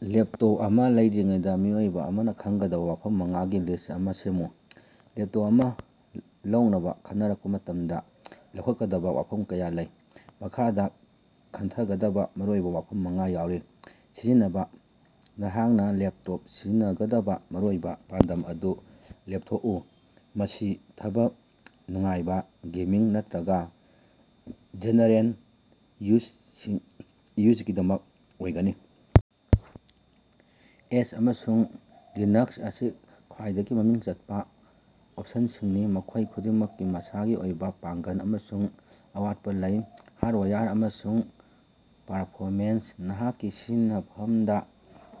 Laptop ꯑꯃꯥ ꯂꯧꯗ꯭ꯔꯤꯉꯩꯗꯥ ꯃꯤꯑꯣꯏ ꯑꯃꯅ ꯈꯪꯒꯗꯕ ꯋꯥꯐꯝ ꯃꯉꯥꯒꯤ ꯂꯤꯁ꯭ꯠ ꯑꯃ ꯁꯦꯝꯃꯨ꯫ ꯂꯦꯞꯇꯣꯞ ꯑꯃ ꯂꯧꯅꯕ ꯈꯟꯅꯔꯛꯄ ꯃꯇꯝꯗ ꯂꯧꯈꯠꯀꯗꯕ ꯋꯥꯐꯝ ꯀꯌꯥ ꯂꯩ꯫ ꯃꯈꯥꯗ ꯈꯟꯊꯒꯗꯕ ꯃꯔꯨꯑꯣꯏꯕ ꯋꯥꯐꯝ ꯃꯉꯥ ꯌꯥꯎꯔꯤ ꯁꯤꯖꯤꯟꯅꯕ ꯅꯍꯥꯛꯅ ꯂꯦꯄꯇꯣꯞ ꯁꯤꯖꯤꯟꯉꯗꯕ ꯃꯔꯨꯑꯣꯏꯕ ꯄꯥꯟꯗꯝ ꯑꯗꯨ ꯂꯦꯞꯊꯣꯛꯎ꯫ ꯃꯁꯤ ꯊꯕꯛ, ꯅꯨꯡꯉꯥꯏꯕ, ꯒꯦꯃꯤꯡ ꯅꯠꯇꯔꯒ ꯖꯦꯅꯦꯔꯦꯜ ꯌꯨꯁꯁꯤꯡ ꯌꯨꯖꯒꯤꯗꯃꯛ ꯑꯣꯏꯒꯅꯤ? ꯑꯦꯁ., ꯑꯃꯁꯨꯡ ꯂꯤꯅꯛꯁ ꯑꯁꯤ ꯈ꯭ꯋꯦꯏꯗꯒꯤ ꯃꯃꯤꯡ ꯆꯠꯄ ꯑꯣꯞꯁꯟꯁꯤꯡꯅꯤ, ꯃꯈꯣꯏ ꯈꯨꯗꯤꯡꯃꯛꯀꯤ ꯃꯁꯥꯒꯤ ꯑꯣꯏꯕ ꯄꯥꯡꯒꯜ ꯑꯃꯁꯨꯡ ꯑꯋꯥꯠꯄꯥ ꯂꯩ꯫ ꯍꯥꯔꯗꯋꯦꯌꯔ ꯑꯃꯁꯨꯡ ꯄꯔꯐꯣꯃꯦꯟꯁ: ꯅꯍꯥꯛꯀꯤ ꯁꯤꯖꯤꯟꯅꯐꯝꯗ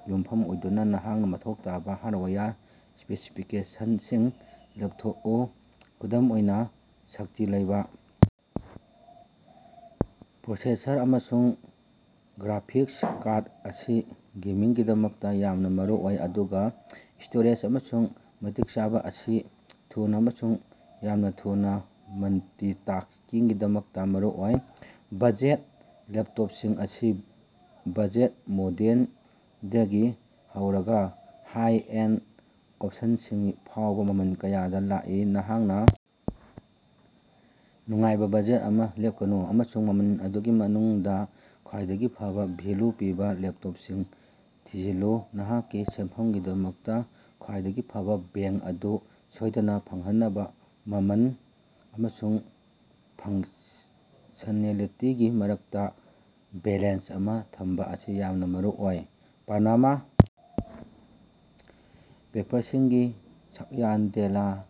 ꯌꯨꯝꯐꯝ ꯑꯣꯏꯗꯨꯅ ꯅꯍꯥꯛꯅ ꯃꯊꯧ ꯇꯥꯕ ꯍꯥꯔꯗꯋꯦꯌꯔ ꯁ꯭ꯄꯦꯁꯤꯐꯤꯀꯦꯁꯟꯁꯤꯡ ꯂꯦꯞꯊꯣꯛꯎ꯫ ꯈꯨꯗꯝ ꯑꯣꯏꯅ, ꯁꯛꯇꯤ ꯂꯩꯕ ꯄ꯭ꯔꯣꯁꯦꯁꯔ ꯑꯃꯁꯨꯡ ꯒ꯭ꯔꯥꯐꯤꯛꯁ ꯀꯥꯔꯗ ꯑꯁꯤ ꯒꯦꯃꯤꯡꯒꯤꯗꯃꯛꯇ ꯌꯥꯝꯅ ꯃꯔꯨꯑꯣꯏ, ꯑꯗꯨꯒ ꯁ꯭ꯇꯣꯔꯦꯖ ꯑꯃꯁꯨꯡ ꯃꯇꯤꯛ ꯆꯥꯕ ꯑꯁꯤ ꯊꯨꯅ ꯑꯃꯁꯨꯡ ꯌꯥꯝꯅ ꯊꯨꯅ ꯃꯜꯇꯤꯇꯥ꯭ꯁꯀꯤꯡꯒꯤꯗꯃꯛꯇ ꯃꯔꯨꯑꯣꯏ꯫ ꯕꯖꯦꯠ: ꯂꯦꯞꯇꯣꯞꯁꯤꯡ ꯑꯁꯤ ꯕꯖꯦꯠ ꯃꯣꯗꯦꯜꯗꯒꯤ ꯍꯧꯔꯒ ꯍꯥꯏ-ꯑꯦꯟꯗ ꯑꯣꯞꯁꯟꯁꯤꯡ ꯐꯥꯎꯕ ꯃꯃꯜ ꯀꯌꯥꯗ ꯂꯥꯛꯏ꯫ ꯅꯍꯥꯛꯅ ꯅꯨꯡꯉꯥꯏꯕ ꯕꯖꯦꯠ ꯑꯃ ꯂꯦꯞꯀꯅꯨ, ꯑꯃꯁꯨꯡ ꯃꯃꯜ ꯑꯗꯨꯒꯤ ꯃꯅꯨꯡꯗ ꯈ꯭ꯋꯥꯏꯗꯒꯤ ꯐꯕ ꯚꯦꯜꯌꯨ ꯄꯤꯕ ꯂꯦꯞꯇꯣꯞꯁꯤꯡ ꯊꯤꯖꯤꯜꯂꯨ꯫ ꯅꯍꯥꯛꯀꯤ ꯁꯦꯟꯐꯝꯒꯤꯗꯃꯛꯇ ꯈ꯭ꯋꯥꯏꯗꯒꯤ ꯐꯕ ꯕꯦꯡ ꯑꯗꯨ ꯁꯣꯏꯗꯅ ꯐꯪꯍꯟꯅꯕ ꯃꯃꯜ ꯑꯃꯁꯨꯡ ꯐ꯭ꯪꯁꯅꯦꯂꯤꯇꯤꯒꯤ ꯃꯔꯛꯇ ꯕꯦꯂꯦꯟꯁ ꯑꯃ ꯊꯝꯕ ꯑꯁꯤ ꯌꯥꯝꯅ ꯃꯔꯨꯑꯣꯏ꯫ ꯄꯅꯃꯥ ꯄꯦꯄ꯭ꯔꯁꯤꯡꯒꯤ ꯁ꯭ꯛꯌꯥꯟꯗꯦꯂꯗꯥ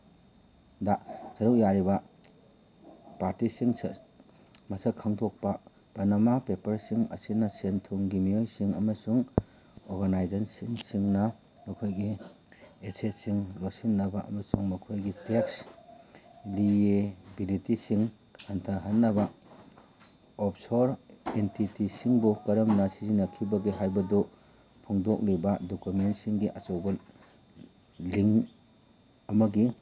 ꯁꯔꯨꯛ ꯌꯥꯔꯤꯕ ꯄꯥꯔꯇꯤꯁꯤꯡ ꯃꯁꯛ ꯈꯉꯗꯣꯛꯄ꯫ ꯄꯅꯃꯥ ꯄꯦꯄ꯭ꯔꯁꯤꯡ ꯑꯁꯤꯅ ꯁꯦꯜ ꯊꯨꯝꯒꯤ ꯃꯤꯑꯣꯏꯁꯤꯡ ꯑꯃꯁꯨꯡ ꯑꯣꯔꯒꯅꯥꯏꯖꯦꯁꯟꯁꯤꯡꯅ ꯃꯈꯣꯏꯒꯤ ꯑꯦꯁꯦꯠꯁꯤꯡ ꯂꯣꯠꯁꯤꯟꯅꯕꯥ ꯑꯃꯁꯨꯡ ꯃꯈꯣꯏꯒꯤ ꯇꯦꯛꯁ ꯂꯤꯑꯦꯕꯤꯂꯤꯇꯤꯁꯤꯡ ꯍꯟꯊꯍꯟꯅꯕ ꯑꯣꯐꯁꯣꯔ ꯑꯦꯟꯇꯤꯇꯤꯁꯤꯡꯕꯨ ꯀꯔꯝꯅ ꯁꯤꯖꯤꯟꯅꯈꯤꯕꯒꯦ ꯍꯥꯏꯕꯗꯨ ꯐꯣꯡꯗꯣꯛꯂꯤꯕ ꯗꯣꯀꯨꯃꯦꯟꯠꯁꯤꯡꯒꯤ ꯑꯆꯧꯕ ꯂꯤꯛ ꯑꯃꯒꯤ